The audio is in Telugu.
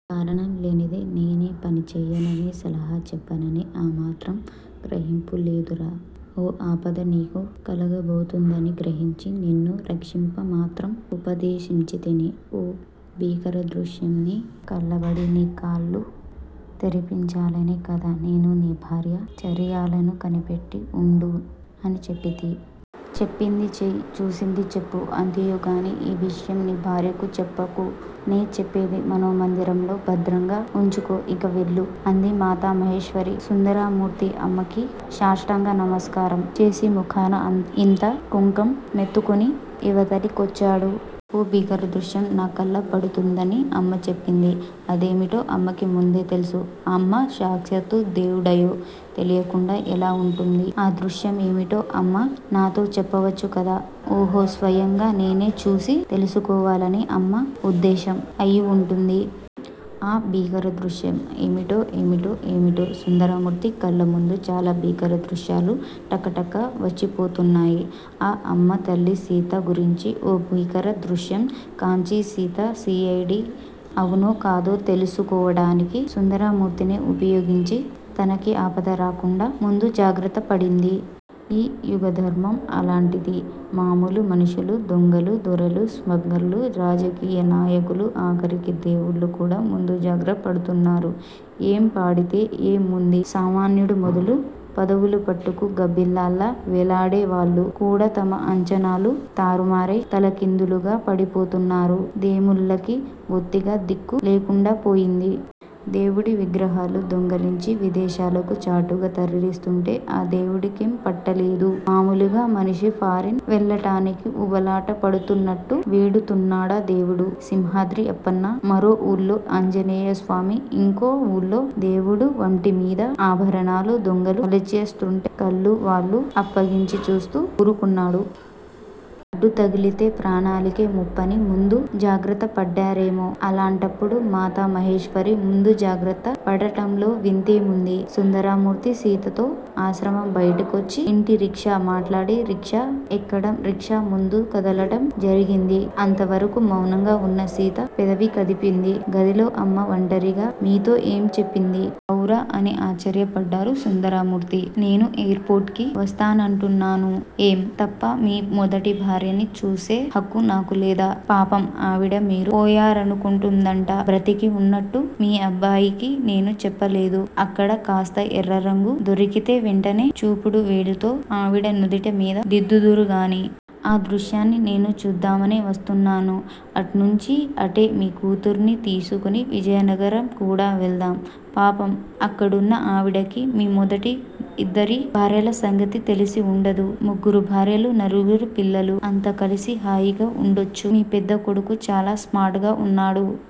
కారణం లేనిదే నేనే పని చేయనని సలహా చెప్పనని ఆ మాత్రం గ్రహింపు లేదురా. ఓ ఆపద నీకు కలగబోతున్నదని గ్రహించి నిన్ను రక్షింప మంత్రం ఉపదేశించితిని ఓ భీకర దృశ్యం నీ కళ్ళబడి నీ కళ్ళు తెరిపించాలనే కదా నేను నీ భార్య చర్యలను కనిపెట్టి ఉండు అని చెప్పితి. చెప్పింది చేయి చూసింది చెప్పు అంతియే గాని ఈ విషయం నీ భార్యకు చెప్పకు. నే చెప్పేది మనో మందిరంలో భద్రంగా ఉంచుకో ఇంక వెళ్ళు. అంది మాతా మహేశ్వరీ. సుందరమూర్తి అమ్మకి సాష్టాంగ నమస్కారం చేసి ముఖాన ఇంత కుంకం మెత్తుకుని ఇవతలి కొచ్చాడు. ఓ భీకర దృశ్యం నా కళ్ళ పడుతుందని అమ్మ చెప్పింది. అదేమిటో అమ్మకి ముందే తెల్సు. అమ్మ సాక్షాత్తూ దేవుడాయే. తెలియకుండా ఎలా వుంటుంది. ఆ దృశ్యం ఏమిటో అమ్మ నాతో చెప్పవచ్చు కదా! ఓహో స్వయంగా నేనే చూసి తెల్సుకోవాలని అమ్మ ఉద్దేశం అయివుంటుంది. ఆ భీకర దృశ్యం ఏమిటో ఏమిటో! ఏమిటో? సుందరమూర్తి కళ్ళముందు చాలా భీకర దృశ్యాలు టకటక వచ్చిపోతున్నాయి. ఆ అమ్మ తల్లి సీత గురించి ఓ భీకర దృశ్యం కాంచి సీత సి. ఐ. డి అవునో కాదో తెల్సుకోవటానికి సుందరమూర్తినే ఉపయోగించి తనకి ఆపద రాకుండా ముందు జాగ్రత్తపడింది. ఈ యుగధర్మం అలాంటిది, మామూలు మనుషులు, దొంగలు, దొరలు, స్మగ్లర్లు, రాజకీయ నాయకులు ఆఖరికి దేముళ్ళు కూడా ముందు జాగ్రత్త పడుతున్నారు. ఏం పాడితే ఏ ముంది సామాన్యుడు మొదలు పదవులు పట్టుకు గబ్బిలాల్లా వేలేడేవాళ్ళు కూడా తమ అంచనాలు తారుమారై తలకిందులుగా పడిపోతున్నారు. దేముల్లకి బొత్తిగా దిక్కు లేకుండా పోయింది. దేవుడి విగ్రహాలు దొంగలించి విదేశాలకు చాటుగా తరలిస్తుంటే ఆ దేముడికేం పట్టలేదు. మామూలుగా మనిషి ఫారిన్ వెళ్ళటానికి ఉబలాట పడుతున్నట్టు వెడుతున్నడా దేవుడు సింహాద్రి అప్పన్న, మరో వూళ్ళో ఆంజనేయస్వామి, ఇంకో వూళ్ళో దేవుడు వంటి మీద ఆభరణాలు దొంగలు వలిచేస్తుంటే కళ్ళు వళ్ళు అప్పగించి చూస్తూ వురుకున్నాడు. అడ్డుతగిలితే ప్రాణానికే ముప్పని ముందు జాగ్రత్తపడ్డారేమో, అలాంటప్పుడు మాతా మహేశ్వరీ ముందు జాగ్రత్త పడటంలో వింతేముంది. సుందరమూర్తి సీతతో ఆశ్రమం బయటికొచ్చి ఇంటికి రిక్షా మాట్లాడి రిక్షా ఎక్కటం రిక్షా ముందుకు కదలటం జరిగింది. అంత వరకూ మౌనంగా ఉన్న సీత పెదవి కదిపింది. గదిలో అమ్మ వంటరిగా మీతో ఏం చెప్పింది? హౌరా! అని ఆశ్చర్యపడ్డాడు సుందరమూర్తి. నేనూ ఎయిర్ పోర్ట్ కి వస్తానంటున్నాను. ఏం! తప్పా మీ మొదటి భార్యని చూసే హక్కు నాకులేదా? పాపం ఆవిడ మీరు పోయారనుకుంటూందట. బ్రతికి వున్నట్టు మీ అబ్బాయికి నేనూ చెప్పలేదు. అక్కడ కాస్త ఎర్రరంగు దొరికితే వెంటనే చూపుడు వేలుతో ఆవిడ నుదుటమీద దిద్దుదురుగాని. ఆ దృశ్యాన్ని నేనూ చూద్దామనే వస్తున్నాను. అట్నుంచి అటే మీ కూతుర్ని తీసుకుని విజయనగరం కూడా వెళ్దాం. పాపం అక్కడున్నావిడకి మీ మొదటి ఇద్దరి భార్యల సంగతి తెలిసి వుండదు. ముగ్గురు భార్యలు నలుగురు పిల్లలు అంతా కలిసి హాయిగా వుండొచ్చు. మీ పెద్ద కొడుకు చాలా స్మార్ట్ గా వున్నాడు.